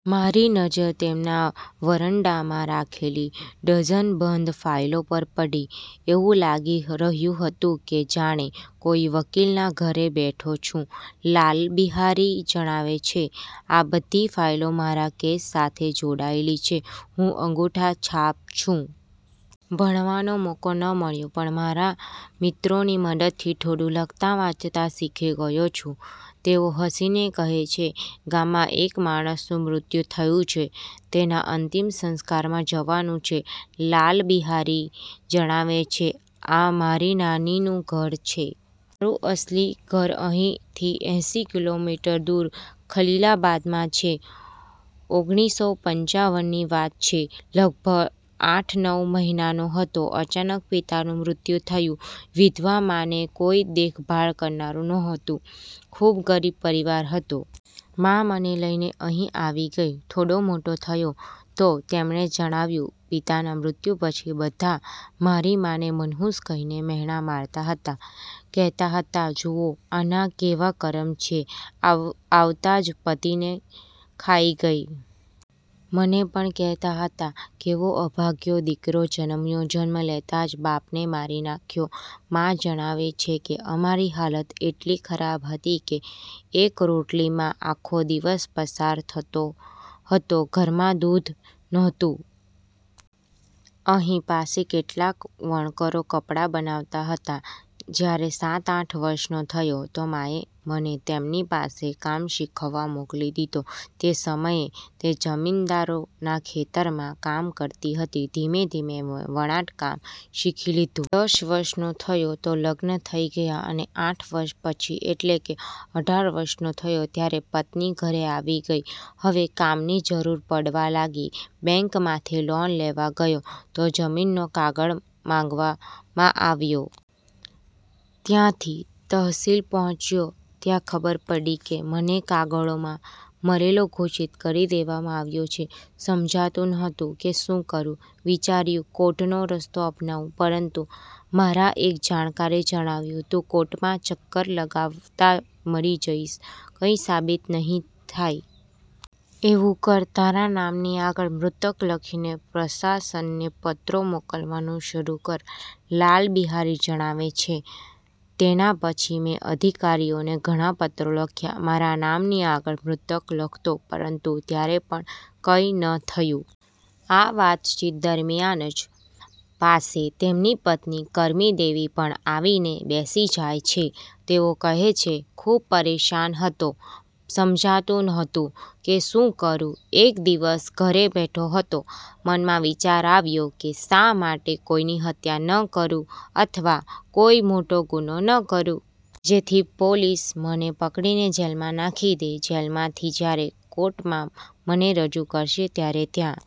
મારી નજર તેમના વરંડામાં રાખેલી ડઝનબંધ ફાઈલો પર પડી. એવું લાગી રહ્યું હતું કે જાણે કોઈ વકીલના ઘરે બેઠો છું. લાલ બિહારી જણાવે છે, "આ બધી ફાઈલો મારા કેસ સાથે જોડાયેલી છે. હું અંગૂઠાછાપ છું. ભણવાનો મોકો ન મળ્યો, પણ મારા મિત્રોની મદદથી થોડું લખતા-વાંચતા શીખી ગયો છું." તેઓ હસીને કહે છે, "ગામમાં એક માણસનું મૃત્યુ થયું છે. તેના અંતિમ સંસ્કારમાં જવાનું છે." લાલ બિહારી જણાવે છે, "આ મારી નાનીનું ઘર છે. મારું અસલી ઘર અહીંથી એંસી કિલોમીટર દૂર ખલીલાબાદમાં છે. ઓગરીસો પંચાવન ની વાત છે. લગભગ આઠ-નવ મહિનાનો હતો. અચાનક પિતાનું મૃત્યુ થયું. વિધવા મા ને કોઈ દેખભાળ કરનારું નહોતું. ખૂબ ગરીબ પરિવાર હતો. મા મને લઈને અહીં આવી ગઈ. થોડો મોટો થયો." તો તેમણે જણાવ્યું, "પિતાના મૃત્યુ પછી બધા મારી માને 'મનહૂસ' કહીને મહેણાં મારતા હતા." કહેતા હતા, "જુઓ, આના કેવા કરમ છે. આવતા જ પતિને ખાઈ ગઈ." મને પણ કહેતા હતા, "કેવો અભાગીયો દીકરો જન્મ્યો. જન્મ લેતા જ બાપને મારી નાખ્યો." મા જણાવે છે કે, "અમારી હાલત એટલી ખરાબ હતી કે એક રોટલીમાં આખો દિવસ પસાર થતો હતો. ઘરમાં દૂધ નહોતું." "અહીં પાસે કેટલાક વણકરો કપડાં બનાવતા હતા. જ્યારે સાત-આઠ વર્ષનો થયો, તો માએ મને તેમની પાસે કામ શીખવા મોકલી દીધો. તે સમયે તે જમીનદારોના ખેતરોમાં કામ કરતી હતી. ધીમે-ધીમે મેં વણાટકામ શીખી લીધું. દસ વર્ષનો થયો તો લગ્ન થઈ ગયા, અને આઠ વર્ષ પછી, એટલે કે અઢાર વર્ષનો થયો ત્યારે પત્ની ઘરે આવી ગઈ. હવે કામની જરૂર પડવા લાગી. બેંકમાંથી લોન લેવા ગયો તો જમીનનો કાગળ માંગવામાં આવ્યો. ત્યાંથી તહસીલ પહોંચ્યો. ત્યાં ખબર પડી કે મને કાગળોમાં મરેલો ઘોષિત કરી દેવામાં આવ્યો છે. સમજાતું નહોતું કે શું કરું? વિચાર્યું, કોર્ટનો રસ્તો અપનાવું, પરંતુ મારા એક જાણકારે જણાવ્યું, "તું કોર્ટમાં ચક્કર લગાવતા મરી જઈશ, કંઈ સાબિત નહીં થાય. એવું કર, તારા નામની આગળ મૃતક લખીને પ્રશાસનને પત્રો મોકલવાનું શરૂ કર." લાલ બિહારી જણાવે છે, "તેના પછી મેં અધિકારીઓને ઘણા પત્રો લખ્યા. મારા નામની આગળ મૃતક લખતો, પરંતુ ત્યારે પણ કંઈ ન થયું." આ વાતચીત દરમિયાન જ પાસે તેમની પત્ની કરમી દેવી પણ આવીને બેસી જાય છે. તેઓ કહે છે, "ખૂબ પરેશાન હતો. સમજાતું નહોતું કે શું કરું? એક દિવસ ઘરે બેઠો હતો. મનમાં વિચાર આવ્યો કે શા માટે કોઈની હત્યા ન કરું અથવા કોઈ મોટો ગુનો ન કરું? જેથી પોલીસ મને પકડીને જેલમાં નાખી દે. જેલમાંથી જ્યારે કોર્ટમાં મને રજૂ કરશે ત્યારે ત્યાં